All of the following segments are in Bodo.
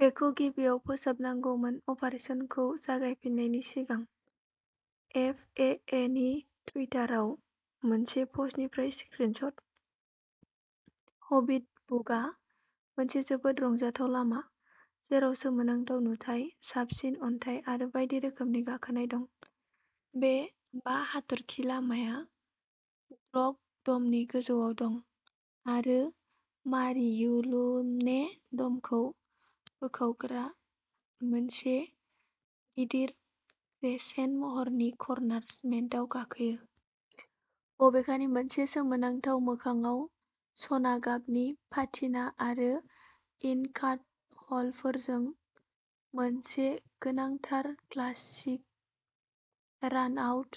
बेखौ गिबियाव फोसाबनांगौमोन अपारेशनखौ जागायफिन्नायनि सिगां। एफ ए ए नि टुइटारआव होनाय पस्टनिफ्राय स्क्रिनशट। हबिट बुकआ मोनसे जोबोद रंजाथाव लामा, जेराव सोमोनांथाव नुथाय, साबसिन अन्थाइ आरो बायदि रोखोमनि गाखोनाय दं। बे बा हाथरखि लामाआ ड्रग ड'मनि गोजौआव दं आरो मारियुलुम्ने ड'मखौ बोखावग्रा मोनसे गिदिर क्रेसेन्ट महरनि कर्नार सिस्टेमआव गाखोयो। बबेखानि मोनसे सोमोनांथाव मोखांआव सना गाबनि पाटिना आरो इनकाट होल्डफोरजों मोनसे गोनांथार क्लासिक रानआउट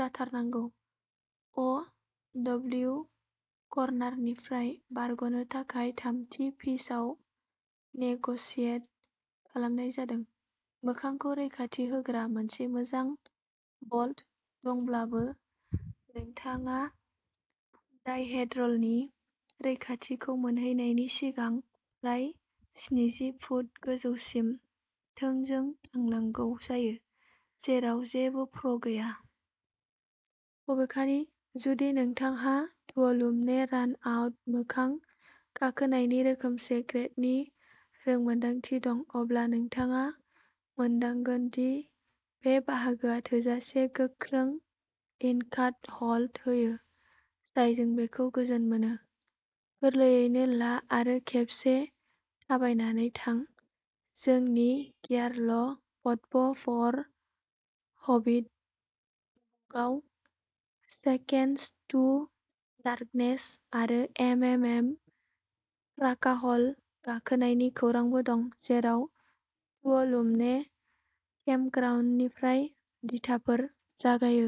जाथारनांगौ। अ डब्लिउ कर्नारनिफ्राय बारग'नो थाखाय थामथि पिचआव नेग'सियेट खालामनाय जादों। मोखांखौ रैखाथि होग्रा मोनसे मोजां बल्ट दंब्लाबो नोंथाङा डाइहेड्रलनि रैखाथिखौ मोनहैनायनि सिगां फ्राय स्निजि फुट गोजौसिम थोंजों थांनांगौ जायो, जेराव जेबो प्र' गैया। बबेखानि, जुदि नोंथांहा तुअलुम्ने रानआउट मोखां गाखोनायनि रोखोमसे ग्रेडनि रोंमोन्दांथि दं अब्ला नोंथाङा मोनदांगोन दि बे बाहागोआ थोजासे गोख्रों इनकाट होल्ड होयो, जायजों बेखौ गोजोन मोनो। गोरलैयैनो ला आरो खेबसे थाबायनानै थां जोंनि गियारल' पटप' फर हबिट बुकआव सेकेन्डस टु डार्कनेस आरो एमएमएम क्राकाह'ल गाखोनायनि खौरांबो दं, जेराव तुअलुम्ने केम्पग्राउन्डनिफ्राय दिथाफोर जागायो।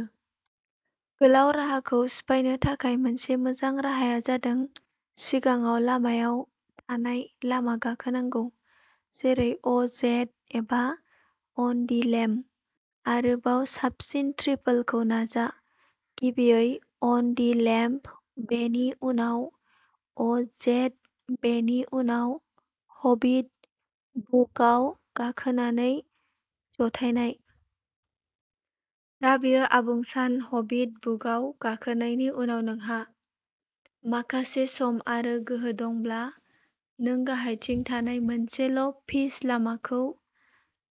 गोलाव राहाखौ सिफायनो थाखाय मोनसे मोजां राहाया जादों सिगाङाव लामायाव थानाय लामा गाखोनांगौ, जेरै अ जेड एबा अन दि लेम्ब। आरोबाव साबसिन ट्रिपलखौ नाजा। गिबियै अन दि लेम्ब, बेनि उनाव अ जेड बेनि उनाव हबिट बुकआव गाखोनानै जथायनाय। दा बेयो आबुं सान हबिट बुकआव गाखोनायनि उनाव नोंहा माखासे सम आरो गोहो दंब्ला, नों गाहायथिं थानाय मोनसेल' पिच लामाफोरखौ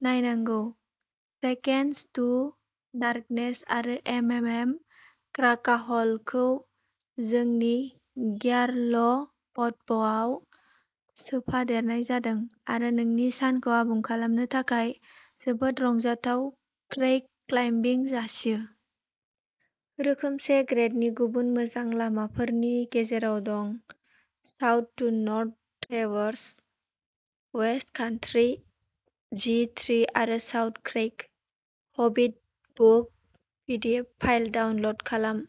नायनांगौ। सेकेन्डस टु डार्कनेस आरो एमएमएम क्राकाह'ल खौ जोंनि गियारल'पटप'आव सोफादेरनाय जादों, आरो नोंनि सानखौ आबुं खालामनो थाखाय जोबोद रंजाथाव क्रैक क्लाइम्बिं जासियो। रोखोमसे ग्रेडनि गुबुन मोजां लामाफोरनि गेजेराव दं south to north traverse, west country, G tree आरो south crack. Hobbit book PDF file download खालाम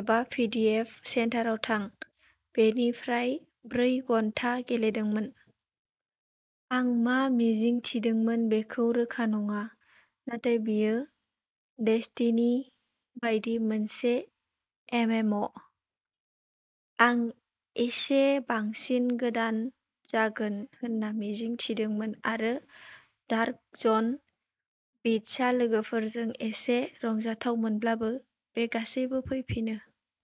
एबा पिडिएफ सेन्टाराव थां। बेनि फ्राय ब्रै घन्टा गेलेदोंमोन। आं मा मिजिं थिदोंमोन बेखौ रोखा नङा नाथाय बेयो डेस्टिनि बायदि मोनसे एमएमअ'। आं इसे बांसिन गोदान जागोन होनना मिजिं थिदोंमोन आरो डार्क जन बिटसा लोगोफोरजों एसे रंजाथावमोनब्लाबो, बे गासैबो फैफिनो।